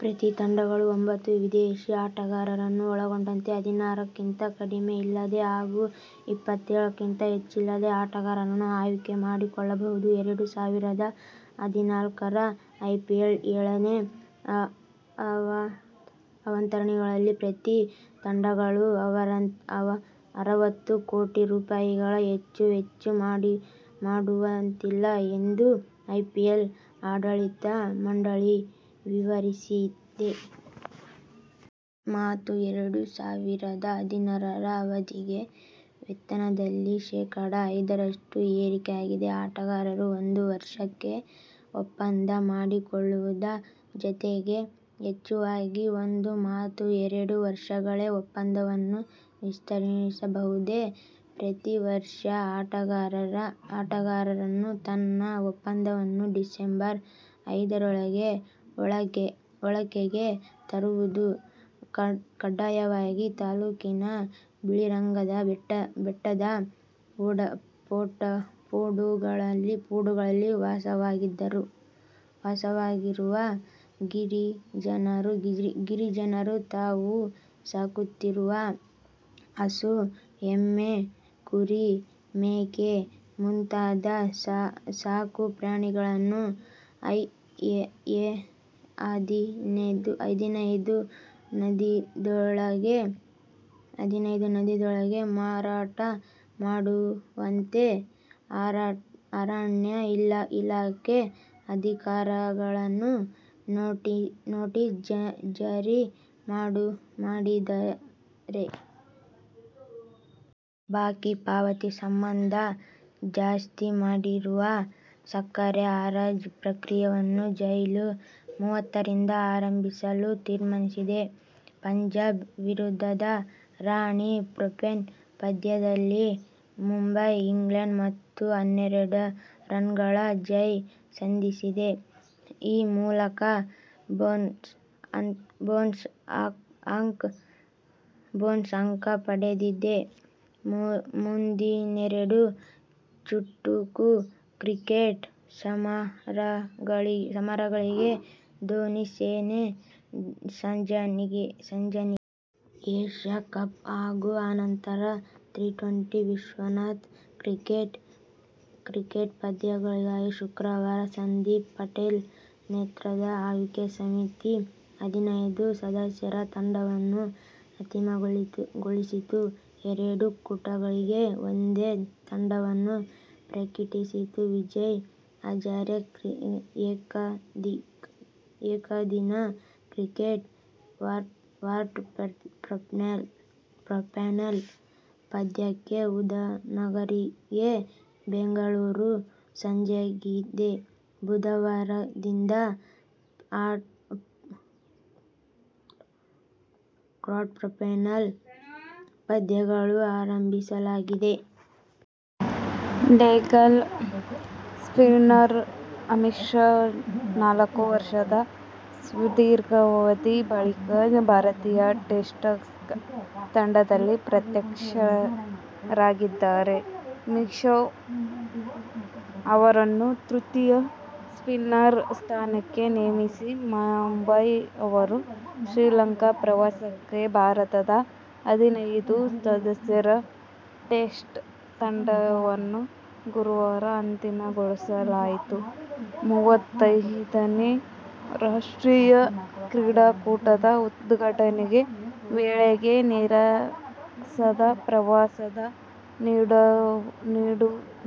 ಪ್ರತಿ ತಂಡಗಳು ಒಂಬತ್ತು ವಿದೇಶೀ ಆಟಗಾರರನ್ನು ಒಳಗೊಂಡಂತೆ ಹದಿನಾರಕ್ಕಿಂತ ಕಡಿಮೆ ಇಲ್ಲದೆ ಹಾಗೂ ಇಪ್ಪತ್ತೇಳಕ್ಕಿಂತ ಹೆಚ್ಚಿಲ್ಲದೆ ಆಟಗಾರರನ್ನು ಆಯ್ಕೆ ಮಾಡಿಕೊಳ್ಳಬಹುದು. ಎರಡು ಸಾವಿರದ ಹದಿನಾಲ್ಕರ ಐಪಿಎಲ್ ಏಳನೇ ಆವತರಣಿಕೆಯಲ್ಲಿ ಪ್ರತಿ ತಂಡಗಳು ಅರವತ್ತು ಕೋಟಿ ರೂಪಾಯಿಗಿಂತ ಹೆಚ್ಚು ವೆಚ್ಚ ಮಾಡುವಂತಿಲ್ಲ ಎಂದು ಐಪಿಎಲ್ ಆಡಳಿತ ಮಂಡಳಿ ವಿವರಿಸಿದೆ. ಮತ್ತು ಎರಡು ಸಾವಿರದ ಹದಿನಾರರ ಅವಧಿಗೆ ವೇತನದಲ್ಲಿ ಶೇಖಡ. ಐದರಷ್ಟು ಏರಕೆಯಾಗಲಿದೆ. ಆಟಗಾರರು ಒಂದು ವರ್ಷಕ್ಕೆ ಒಪ್ಪಂದ ಮಾಡಿಕೊಳ್ಳುವುದರ ಜತೆಗೆ ಹೆಚ್ಚುವರಿಯಾಗಿ ಒಂದು ಮತ್ತು ಎರಡು ವರ್ಷಗಳಿಗೆ ಒಪ್ಪಂದವನ್ನು ವಿಸ್ತರಿಸಬಹುದಾಗಿದೆ. ಪ್ರತಿ ವರ್ಷ ಆಟಗಾರನನ್ನು ತನ್ನ ಒಪ್ಪಂದವನ್ನು ಡಿಸಂಬರ್ ಹದಿನೈದರೊಳಗೆ ಬಳಕೆಗೆ ತರುವುದು ಕಡ್ಡಾಯವಾಗಿದೆ. ತಾಲೂಕಿನ ಬಿಳಿಗಿರಿರಂಗನ ಬೆಟ್ಟದ ಪೋಡುಗಳಲ್ಲಿ ವಾಸವಾಗಿರುವ ಗಿರಿಜನರು ತಾವು ಸಾಕುತ್ತಿರುವ ಹಸು, ಎಮ್ಮೆ, ಕುರಿ, ಮೇಕೆ ಮುಂತಾದ ಸಾಕು ಪ್ರಾಣಿಗಳನ್ನು ಹದಿನೈದು ದಿನದೊಳಗೆ ಮಾರಾಟ ಮಾಡುವಂತೆ ಅರಣ್ಯ ಇಲಾಖೆ ಅಧಿಕಾರಿಗಳು ನೋಟಿಸ್ ಜಾರಿ ಮಾಡಿದ್ದಾರೆ. ಬಾಕಿ ಪಾವತಿ ಸಂಬಂಧ ಜಪ್ತಿ ಮಾಡಿರುವ ಸಕ್ಕರೆ ಹರಾಜು ಪ್ರಕ್ರಿಯೆಯನ್ನು ಜುಲೈ ಮೂವತ್ತರಿಂದ ಆರಂಭಿಸಲು ತೀರ್ಮಾನಿಸಿದೆ. ಪಂಜಾಬ್ ವಿರುದ್ಧದ ರಣಜಿ ಟ್ರೋಫಿ ಪಂದ್ಯದಲ್ಲಿ ಮುಂಬಯಿ ಇನ್ನಿಂಗ್ಸ್ ಮತ್ತು ಹನ್ನೆರಡು ರನ್ನುಗಳ ಜಯ ಸಾಧಿಸಿದೆ. ಈ ಮೂಲಕ ಬೋನಸ್ ಅಂಕ ಪಡೆದಿದೆ. ಮುಂದಿನೆರಡು ಚುಟುಕು ಕ್ರಿಕೆಟ್ ಸಮರಗಳಿಗೆ ಧೋನಿ ಸೇನೆ ಸಜ್ಜಾಗಿದೆ. ಏಶ್ಯ ಕಪ್ ಹಾಗೂ ಅನಂತರದ ಟಿ-ಟ್ವೆಂಟಿ ವಿಶ್ವಕಪ್ ಕ್ರಿಕೆಟ್ ಪಂದ್ಯಾವಳಿಗಾಗಿ ಶುಕ್ರವಾರ ಸಂದೀಪ್ ಪಾಟೀಲ್ ನೇತೃತ್ವದ ಆಯ್ಕೆ ಸಮಿತಿ ಹದಿನೈದು ಸದಸ್ಯರ ತಂಡವನ್ನು ಅಂತಿಮಗೊಳಿಸಿತು. ಎರಡೂ ಕೂಟಗಳಿಗೆ ಒಂದೇ ತಂಡವನ್ನು ಪ್ರಕಟಿಸಿತು. ವಿಜಯ್ ಹಜಾರೆ ಏಕದಿನ ಕ್ರಿಕೆಟ್ ಕ್ವಾರ್ಟರ್ಫೈನಲ್ ಪಂದ್ಯಕ್ಕೆ ಉದ್ಯಾನನಗರಿ ಬೆಂಗಳೂರು ಸಜ್ಜಾಗಿದೆ. ಬುಧವಾರದಿಂದ ಕ್ವಾರ್ಟರ್ಫೈನಲ್ ಪಂದ್ಯಗಳು ಆರಂಭವಾಗಲಿವೆ. ಲೆಗ್ ಸ್ಪಿನ್ನರ್ ಅಮಿತ್ ಮಿಶ್ರಾ ನಾಲ್ಕು ವರ್ಷಗಳ ಸುದೀರ್ಘಾವಧಿಯ ಬಳಿಕ ಭಾರತೀಯ ಟೆಸ್ಟ್ ತಂಡದಲ್ಲಿ ಪ್ರತ್ಯಕ್ಷರಾಗಿದ್ದಾರೆ. ಮಿಶ್ರಾ ಅವರನ್ನು ತೃತೀಯ ಸ್ಪಿನ್ನರ್ ಸ್ಥಾನಕ್ಕೆ ನೇಮಿಸಿ ಮುಂಬರುವ ಶ್ರೀಲಂಕಾ ಪ್ರವಾಸಕ್ಕಾಗಿ ಭಾರತದ ಹದಿನೈದು ಸದಸ್ಯರ ಟೆಸ್ಟ್ ತಂಡವನ್ನು ಗುರುವಾರ ಅಂತಿಮಗೊಳಿಸಲಾಯಿತು. ಮೂವತ್ತೈದನೆ ರಾಷ್ಟ್ರೀಯ ಕ್ರೀಡಾಕೂಟದ ಉದ್ಘಾಟನೆ ವೇಳೆ ನೀರಸ ಪ್ರದರ್ಶನ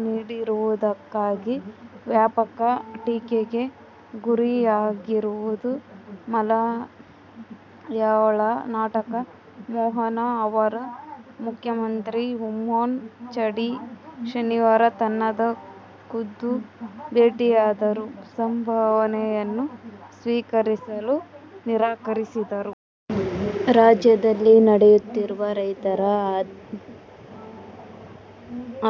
ನೀಡಿರುವುದಕ್ಕಾಗಿ ವ್ಯಾಪಕ ಟೀಕೆಗೆ ಗುರಿಯಾಗಿರುವ ಮಲಯಾಳ ನಟ ಮೋಹನ್ಲಾಲ್ ಅವರು ಮುಖ್ಯಮಂತ್ರಿ ಊಮ್ಮನ್ ಚಾಂಡಿ ಶನಿವಾರ ತನ್ನನ್ನು ಖುದ್ದು ಭೇಟಿಯಾದರೂ ಸಂಭಾವನೆಯನ್ನು ಸ್ವೀಕರಿಸಲು ನಿರಾಕರಿಸಿದರು. ರಾಜ್ಯದಲ್ಲಿ ನಡೆಯುತ್ತಿರುವ ರೈತರ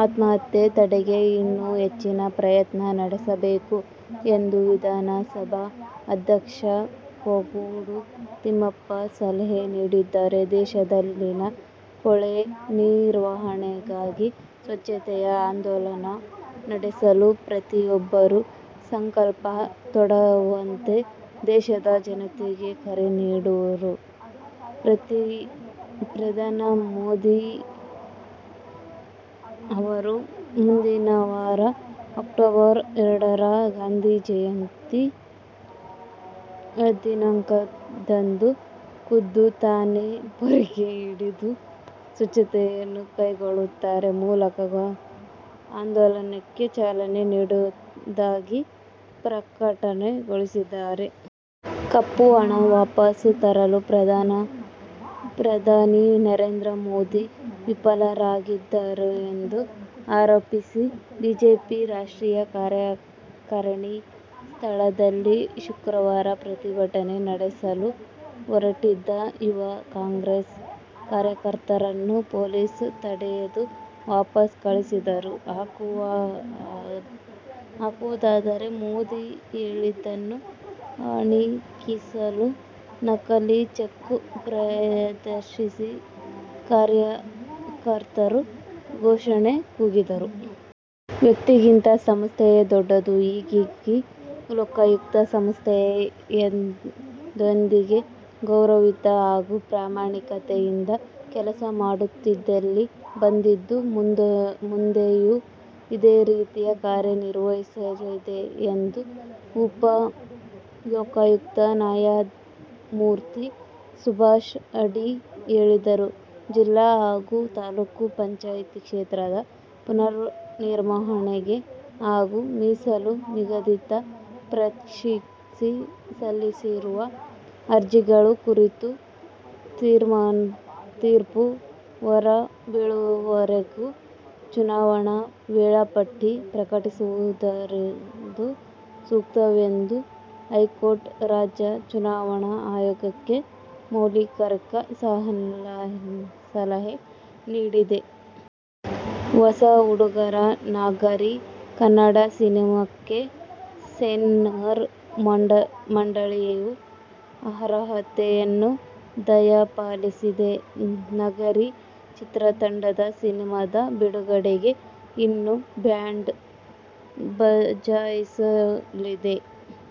ಆತ್ಮಹತ್ಯೆ ತಡೆಗೆ ಇನ್ನೂ ಹೆಚ್ಚಿನ ಪ್ರಯತ್ನ ನಡೆಯಬೇಕು ಎಂದು ವಿಧಾನಸಭಾಧ್ಯಕ್ಷ ಕಾಗೋಡು ತಿಮ್ಮಪ್ಪ ಸಲಹೆ ನೀಡಿದ್ದಾರೆ. ದೇಶದಲ್ಲಿನ ಕೊಳೆ ನಿವಾರಣೆಗಾಗಿ ಸ್ವಚ್ಛತೆಯ ಆಂದೋಲನ ನಡೆಸಲು ಪ್ರತಿಯೊಬ್ಬರೂ ಸಂಕಲ್ಪ ತೊಡುವಂತೆ ದೇಶದ ಜನತೆಗೆ ಕರೆ ನೀಡಿರುವ ಪ್ರಧಾನಿ ನರೇಂದ್ರ ಮೋದಿ ಅವರು, ಮುಂದಿನವಾರ ಅಕ್ಟೋಬರ್ ಎರಡರ ಗಾಂಧಿ ಜಯಂತಿ ದಿನದಂದು ಖುದ್ದು ತಾವೇ ಪೊರಕೆ ಹಿಡಿದು ಸ್ವಚ್ಛತೆ ಕೈಗೊಳ್ಳುವ ಮೂಲಕ ಆಂದೋಲನಕ್ಕೆ ಚಾಲನೆ ನೀಡುವುದಾಗಿ ಪ್ರಕಟಿಸಿದ್ದಾರೆ. ಕಪ್ಪು ಹಣ ವಾಪಸ್ ತರಲು ಪ್ರಧಾನಿ ನರೇಂದ್ರ ಮೋದಿ ವಿಫಲರಾಗಿದ್ದಾರೆಂದು ಆರೋಪಿಸಿ ಬಿಜೆಪಿ ರಾಷ್ಟ್ರೀಯ ಕಾರ್ಯಕಾರಿಣಿ ಸ್ಥಳದಲ್ಲಿ ಶುಕ್ರವಾರ ಪ್ರತಿಭಟನೆ ನಡೆಸಲು ಹೊರಟಿದ್ದ ಯುವ ಕಾಂಗ್ರೆಸ್ ಕಾರ್ಯಕರ್ತರನ್ನು ಪೊಲೀಸರು ತಡೆದು ವಾಪಸ್ ಕಳಿಸಿದರು. ಹಾಕುವುದಾಗಿ ಮೋದಿ ಹೇಳಿದ್ದನ್ನು ಅಣಕಿಸಲು ನಕಲಿ ಚೆಕ್ ಪ್ರದರ್ಶಿಸಿ ಕಾರ್ಯಕರ್ತರು ಘೋಷಣೆ ಕೂಗಿದರು. ವ್ಯಕ್ತಿಗಿಂತ ಸಂಸ್ಥೆಯೇ ದೊಡ್ಡದು. ಹೀಗಾಗಿ ಲೋಕಾಯುಕ್ತ ಸಂಸ್ಥೆ ಎಂದೆಂದಿಗೂ ಗೌರವಯುತ ಹಾಗೂ ಪ್ರಾಮಾಣಿಕತೆಯಿಂದ ಕೆಲಸ ಮಾಡುತ್ತಲೇ ಬಂದಿದ್ದು, ಮುಂದೆಯೂ ಇದೇ ರೀತಿ ಕಾರ್ಯ ನಿರ್ವಹಿಸಲಿದೆ ಎಂದು ಉಪ ಲೋಕಾಯುಕ್ತ ನ್ಯಾಯಮೂರ್ತಿ ಸುಭಾಷ್ ಅಡಿ ಹೇಳಿದರು. ಜಿಲ್ಲಾ ಹಾಗೂ ತಾಲೂಕು ಪಂಚಾಯ್ತಿ ಕ್ಷೇತ್ರ ಪುನರ್ವಿಂಗಡಣೆ ಮತ್ತು ಮೀಸಲು ನಿಗದಿ ಪ್ರಶ್ನಿಸಿ ಸಲ್ಲಿಸಿರುವ ಅರ್ಜಿಗಳ ಕುರಿತು ತೀರ್ಪು ಹೊರಬೀಳುವವರೆಗೂ ಚುನಾವಣಾ ವೇಳಾಪಟ್ಟಿ ಪ್ರಕಟಿಸದಿರುವುದು ಸೂಕ್ತ ಎಂದು ಹೈಕೋರ್ಟ್ ರಾಜ್ಯ ಚುನಾವಣಾ ಆಯೋಗಕ್ಕೆ ಮೌಖೀಕ ಸಲಹೆ ನೀಡಿದೆ. ಹೊಸ ಹುಡುಗರ "ನಗಾರಿ' ಕನ್ನಡ ಸಿನಿಮಾಕ್ಕೆ ಸೆನ್ಸಾರ್ ಮಂಡಳಿಯು ಅರ್ಹತೆಯನ್ನು ದಯಪಾಲಿಸಿದೆ. "ನಗಾರಿ' ಚಿತ್ರ ತಂಡ ಸಿನಿಮಾದ ಬಿಡುಗಡೆಗೆ ಇನ್ನೂ ಬ್ಯಾಂಡ್ ಬಜಾಯಿಸಲಿದೆ.